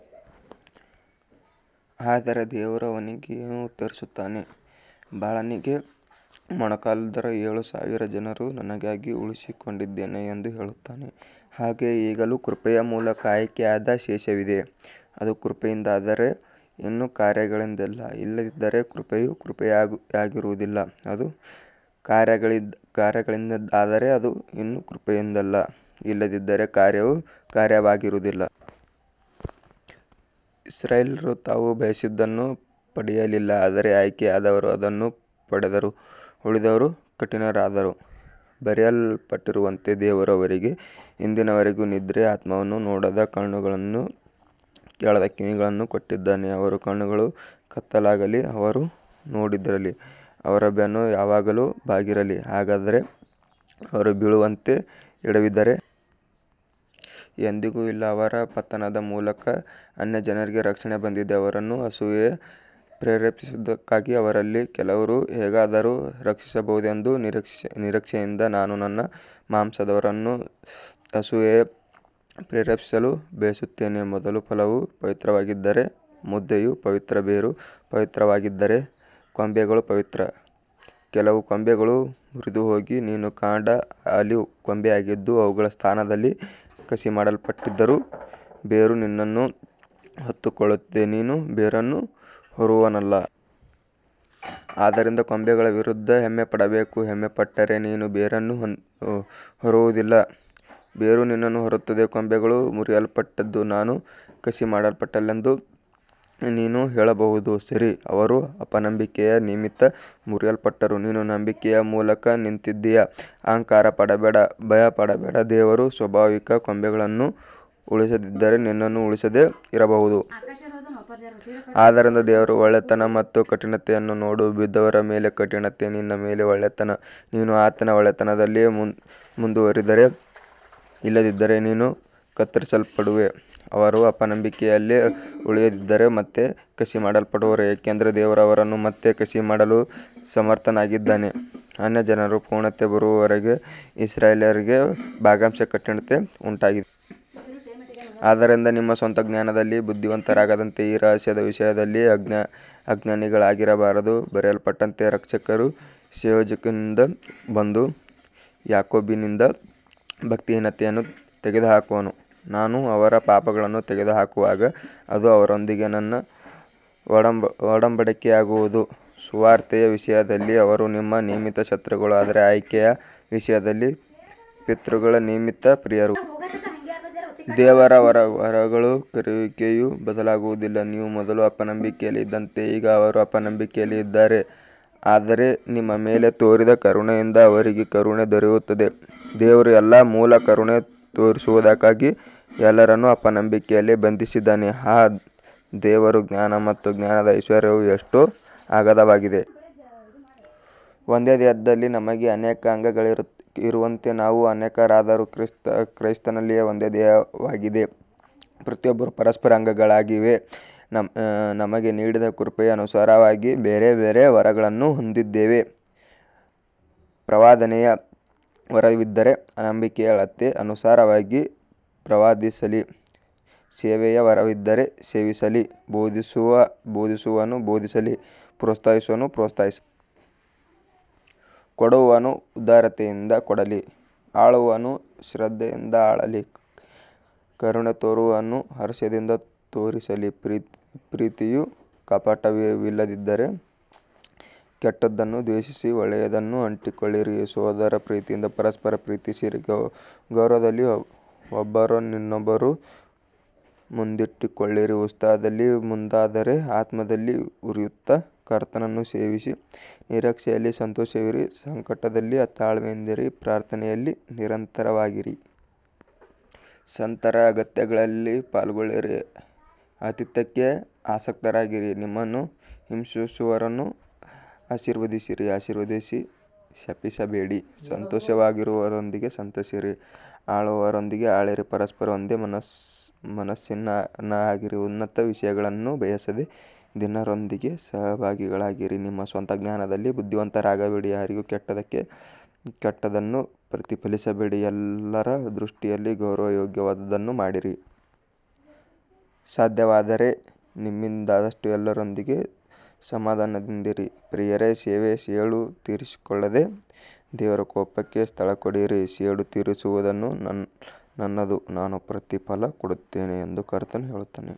ಆದರೆ ದೇವರು ಅವನಿಗೆ ಏನು ಉತ್ತರಿಸುತ್ತಾನೆ. ಬಾಳನಿಗೆ ಮೊಣಕಾಲೂರದ ಏಳು ಸಾವಿರ ಜನರನ್ನು ನನಗಾಗಿ ಉಳಿಸಿಕೊಂಡಿದ್ದೇನೆ ಎಂದು ಹೇಳುತ್ತಾನೆ. ಹಾಗೆಯೇ ಈಗಲೂ ಕೃಪೆಯ ಮೂಲಕ ಆಯ್ಕೆಯಾದ ಶೇಷವಿದೆ. ಅದು ಕೃಪೆಯಿಂದಾದರೆ ಇನ್ನು ಕಾರ್ಯಗಳಿಂದಲ್ಲ, ಇಲ್ಲದಿದ್ದರೆ ಕೃಪೆಯು ಕೃಪೆಯಾಗಿರುವುದಿಲ್ಲ. ಅದು ಕಾರ್ಯಗಳಿಂದಾದರೆ ಇನ್ನು ಕೃಪೆಯಿಂದಲ್ಲ, ಇಲ್ಲದಿದ್ದರೆ ಕಾರ್ಯವು ಕಾರ್ಯವಾಗಿರುವುದಿಲ್ಲ. ಇಸ್ರಾಯೇಲ್ಯರು ತಾವು ಬಯಸಿದ್ದನ್ನು ಪಡೆಯಲಿಲ್ಲ, ಆದರೆ ಆಯ್ಕೆಯಾದವರು ಅದನ್ನು ಪಡೆದರು, ಉಳಿದವರು ಕಠಿಣರಾದರು. ಬರೆಯಲ್ಪಟ್ಟಿರುವಂತೆ, ದೇವರು ಅವರಿಗೆ ಇಂದಿನವರೆಗೂ ನಿದ್ರೆಯ ಆತ್ಮವನ್ನೂ ನೋಡದ ಕಣ್ಣುಗಳನ್ನೂ ಕೇಳದ ಕಿವಿಗಳನ್ನೂ ಕೊಟ್ಟಿದ್ದಾನೆ. ಅವರ ಕಣ್ಣುಗಳು ಕತ್ತಲಾಗಲಿ, ಅವರು ನೋಡದಿರಲಿ, ಅವರ ಬೆನ್ನು ಯಾವಾಗಲೂ ಬಾಗಿರಲಿ. ಹಾಗಾದರೆ ಅವರು ಬೀಳುವಂತೆ ಎಡವಿದರೇ. ಎಂದಿಗೂ ಇಲ್ಲ. ಅವರ ಪತನದ ಮೂಲಕ ಅನ್ಯಜನರಿಗೆ ರಕ್ಷಣೆ ಬಂದಿದೆ, ಅವರನ್ನು ಅಸೂಯೆಗೆ ಪ್ರೇರೇಪಿಸುವುದಕ್ಕಾಗಿ. ಅವರಲ್ಲಿ ಕೆಲವರನ್ನು ಹೇಗಾದರೂ ರಕ್ಷಿಸಬಹುದೆಂಬ ನಿರೀಕ್ಷೆಯಿಂದ ನಾನು ನನ್ನ ಮಾಂಸದವರನ್ನು ಅಸೂಯೆಗೆ ಪ್ರೇರೇಪಿಸಲು ಬಯಸುತ್ತೇನೆ. ಮೊದಲ ಫಲವು ಪವಿತ್ರವಾಗಿದ್ದರೆ ಮುದ್ದೆಯೂ ಪವಿತ್ರ, ಬೇರು ಪವಿತ್ರವಾಗಿದ್ದರೆ ಕೊಂಬೆಗಳೂ ಪವಿತ್ರ. ಕೆಲವು ಕೊಂಬೆಗಳು ಮುರಿದುಹೋಗಿ, ನೀನು ಕಾಡು ಆಲಿವ್ ಕೊಂಬೆಯಾಗಿದ್ದು ಅವುಗಳ ಸ್ಥಾನದಲ್ಲಿ ಕಸಿಮಾಡಲ್ಪಟ್ಟಿದ್ದರೂ, ಬೇರು ನಿನ್ನನ್ನು ಹೊತ್ತುಕೊಳ್ಳುತ್ತದೆ, ನೀನು ಬೇರನ್ನು ಹೊರುವವನಲ್ಲ. ಆದ್ದರಿಂದ ಕೊಂಬೆಗಳ ವಿರುದ್ಧ ಹೆಮ್ಮೆಪಡಬೇಡ. ಹೆಮ್ಮೆಪಟ್ಟರೆ, ನೀನು ಬೇರನ್ನು ಹೊರುವುದಿಲ್ಲ, ಬೇರು ನಿನ್ನನ್ನು ಹೊರುತ್ತದೆ. ಕೊಂಬೆಗಳು ಮುರಿಯಲ್ಪಟ್ಟದ್ದು ನಾನು ಕಸಿಮಾಡಲ್ಪಡಲೆಂದು ಎಂದು ನೀನು ಹೇಳಬಹುದು. ಸರಿ, ಅವರು ಅಪನಂಬಿಕೆಯ ನಿಮಿತ್ತ ಮುರಿಯಲ್ಪಟ್ಟರು, ನೀನು ನಂಬಿಕೆಯ ಮೂಲಕ ನಿಂತಿದ್ದೀಯ. ಅಹಂಕಾರಪಡದೆ ಭಯಪಡ. ದೇವರು ಸ್ವಾಭಾವಿಕ ಕೊಂಬೆಗಳನ್ನು ಉಳಿಸದಿದ್ದರೆ ನಿನ್ನನ್ನೂ ಉಳಿಸದೆ ಇರಬಹುದು. ಆದ್ದರಿಂದ ದೇವರ ಒಳ್ಳೆಯತನ ಮತ್ತು ಕಠಿಣತೆಯನ್ನು ನೋಡು. ಬಿದ್ದವರ ಮೇಲೆ ಕಠಿಣತೆ, ನಿನ್ನ ಮೇಲೆ ಒಳ್ಳೆಯತನ, ನೀನು ಆತನ ಒಳ್ಳೆಯತನದಲ್ಲಿ ಮುಂದುವರಿದರೆ. ಇಲ್ಲದಿದ್ದರೆ ನೀನೂ ಕತ್ತರಿಸಲ್ಪಡುವೆ. ಅವರು ಅಪನಂಬಿಕೆಯಲ್ಲಿ ಉಳಿಯದಿದ್ದರೆ ಮತ್ತೆ ಕಸಿಮಾಡಲ್ಪಡುವರು, ಏಕೆಂದರೆ ದೇವರು ಅವರನ್ನು ಮತ್ತೆ ಕಸಿಮಾಡಲು ಸಮರ್ಥನಾಗಿದ್ದಾನೆ. ಅನ್ಯಜನರ ಪೂರ್ಣತೆ ಬರುವವರೆಗೆ ಇಸ್ರಾಯೇಲ್ಯರಿಗೆ ಭಾಗಶಃ ಕಠಿಣತೆ ಉಂಟಾಗಿದೆ. ಆದ್ದರಿಂದ ನಿಮ್ಮ ಸ್ವಂತ ಜ್ಞಾನದಲ್ಲಿ ಬುದ್ಧಿವಂತರಾಗದಂತೆ ಈ ರಹಸ್ಯದ ವಿಷಯದಲ್ಲಿ ಅಜ್ಞಾನಿಗಳಾಗಿರಬಾರದು. ಬರೆಯಲ್ಪಟ್ಟಂತೆ, ರಕ್ಷಕನು ಸೀಯೋನಿನಿಂದ ಬಂದು ಯಾಕೋಬಿನಿಂದ ಭಕ್ತಿಹೀನತೆಯನ್ನು ತೆಗೆದುಹಾಕುವನು. ನಾನು ಅವರ ಪಾಪಗಳನ್ನು ತೆಗೆದುಹಾಕುವಾಗ ಇದು ಅವರೊಂದಿಗೆ ನನ್ನ ಒಡಂಬಡಿಕೆಯಾಗುವುದು. ಸುವಾರ್ತೆಯ ವಿಷಯದಲ್ಲಿ ಅವರು ನಿಮ್ಮ ನಿಮಿತ್ತ ಶತ್ರುಗಳು, ಆದರೆ ಆಯ್ಕೆಯ ವಿಷಯದಲ್ಲಿ ಪಿತೃಗಳ ನಿಮಿತ್ತ ಪ್ರಿಯರು. ದೇವರ ವರಗಳೂ ಕರೆಯುವಿಕೆಯೂ ಬದಲಾಗುವುದಿಲ್ಲ. ನೀವು ಮೊದಲು ಅಪನಂಬಿಕೆಯಲ್ಲಿ ಇದ್ದಂತೆ ಈಗ ಅವರೂ ಅಪನಂಬಿಕೆಯಲ್ಲಿ ಇದ್ದಾರೆ, ಆದರೆ ನಿಮ್ಮ ಮೇಲೆ ತೋರಿದ ಕರುಣೆಯಿಂದ ಅವರಿಗೆ ಕರುಣೆ ದೊರೆಯುತ್ತದೆ. ದೇವರು ಎಲ್ಲರ ಮೇಲೂ ಕರುಣೆ ತೋರಿಸುವುದಕ್ಕಾಗಿ ಎಲ್ಲರನ್ನೂ ಅಪನಂಬಿಕೆಯಲ್ಲಿ ಬಂಧಿಸಿದ್ದಾನೆ. ಆಹಾ, ದೇವರ ಜ್ಞಾನ ಮತ್ತು ಜ್ಞಾನದ ಐಶ್ವರ್ಯವು ಎಷ್ಟೋ ಅಗಾಧವಾಗಿದೆ. ಒಂದೇ ದೇಹದಲ್ಲಿ ನಮಗೆ ಅನೇಕ ಅಂಗಗಳಿರುವಂತೆ, ನಾವು ಅನೇಕರಾದರೂ ಕ್ರಿಸ್ತನಲ್ಲಿ ಒಂದೇ ದೇಹವಾಗಿದ್ದೇವೆ, ಪ್ರತಿಯೊಬ್ಬರೂ ಪರಸ್ಪರ ಅಂಗಗಳಾಗಿದ್ದೇವೆ. ನಮಗೆ ನೀಡಿದ ಕೃಪೆಗೆ ಅನುಸಾರವಾಗಿ ಬೇರೆ ಬೇರೆ ವರಗಳನ್ನು ಹೊಂದಿದ್ದೇವೆ. ಪ್ರವಾದನೆಯ ವರವಿದ್ದರೆ ನಂಬಿಕೆಯ ಅಳತೆಗೆ ಅನುಸಾರವಾಗಿ ಪ್ರವಾದಿಸಲಿ. ಸೇವೆಯ ವರವಿದ್ದರೆ ಸೇವಿಸಲಿ. ಬೋಧಿಸುವವನು ಬೋಧಿಸಲಿ. ಪ್ರೋತ್ಸಾಹಿಸುವವನು ಪ್ರೋತ್ಸಾಹಿಸಲಿ. ಕೊಡುವವನು ಉದಾರತೆಯಿಂದ ಕೊಡಲಿ. ಆಳುವವನು ಶ್ರದ್ಧೆಯಿಂದ ಆಳಲಿ. ಕರುಣೆ ತೋರುವವನು ಹರ್ಷದಿಂದ ತೋರಿಸಲಿ. ಪ್ರೀತಿಯು ಕಪಟವಿಲ್ಲದಿರಲಿ. ಕೆಟ್ಟದ್ದನ್ನು ದ್ವೇಷಿಸಿ, ಒಳ್ಳೆಯದಕ್ಕೆ ಅಂಟಿಕೊಳ್ಳಿರಿ. ಸಹೋದರ ಪ್ರೀತಿಯಿಂದ ಪರಸ್ಪರ ಪ್ರೀತಿಸಿರಿ. ಗೌರವದಲ್ಲಿ ಒಬ್ಬರನ್ನೊಬ್ಬರು ಮುಂದಿಟ್ಟುಕೊಳ್ಳಿರಿ. ಉತ್ಸಾಹದಲ್ಲಿ ಮಂದರಾಗದೆ, ಆತ್ಮದಲ್ಲಿ ಉರಿಯುತ್ತಾ, ಕರ್ತನನ್ನು ಸೇವಿಸಿರಿ. ನಿರೀಕ್ಷೆಯಲ್ಲಿ ಸಂತೋಷಿಸಿರಿ, ಸಂಕಟದಲ್ಲಿ ತಾಳ್ಮೆಯಿಂದಿರಿ, ಪ್ರಾರ್ಥನೆಯಲ್ಲಿ ನಿರಂತರವಾಗಿರಿ. ಸಂತರ ಅಗತ್ಯಗಳಲ್ಲಿ ಪಾಲ್ಗೊಳ್ಳಿರಿ, ಆತಿಥ್ಯಕ್ಕೆ ಆಸಕ್ತರಾಗಿರಿ. ನಿಮ್ಮನ್ನು ಹಿಂಸಿಸುವವರನ್ನು ಆಶೀರ್ವದಿಸಿರಿ, ಆಶೀರ್ವದಿಸಿರಿ, ಶಪಿಸಬೇಡಿ. ಸಂತೋಷಿಸುವವರೊಂದಿಗೆ ಸಂತೋಷಿಸಿರಿ, ಅಳುವವರೊಂದಿಗೆ ಅಳಿರಿ. ಪರಸ್ಪರ ಒಂದೇ ಮನಸ್ಸಿನವರಾಗಿರಿ. ಉನ್ನತ ವಿಷಯಗಳನ್ನು ಬಯಸದೆ, ದೀನರೊಂದಿಗೆ ಸಹಭಾಗಿಗಳಾಗಿರಿ. ನಿಮ್ಮ ಸ್ವಂತ ಜ್ಞಾನದಲ್ಲಿ ಬುದ್ಧಿವಂತರಾಗಬೇಡಿ. ಯಾರಿಗೂ ಕೆಟ್ಟದ್ದಕ್ಕೆ ಕೆಟ್ಟದ್ದನ್ನು ಪ್ರತಿಫಲಿಸಬೇಡಿ. ಎಲ್ಲರ ದೃಷ್ಟಿಯಲ್ಲಿ ಗೌರವಯೋಗ್ಯವಾದದ್ದನ್ನು ಮಾಡಿರಿ. ಸಾಧ್ಯವಾದರೆ ನಿಮ್ಮಿಂದಾದಷ್ಟು ಎಲ್ಲರೊಂದಿಗೆ ಸಮಾಧಾನದಿಂದಿರಿ. ಪ್ರಿಯರೇ, ನೀವೇ ಸೇಡು ತೀರಿಸಿಕೊಳ್ಳದೆ, ದೇವರ ಕೋಪಕ್ಕೆ ಸ್ಥಳಕೊಡಿರಿ. ಸೇಡು ತೀರಿಸುವುದು ನನ್ನದು, ನಾನು ಪ್ರತಿಫಲ ಕೊಡುತ್ತೇನೆ ಎಂದು ಕರ್ತನು ಹೇಳುತ್ತಾನೆ.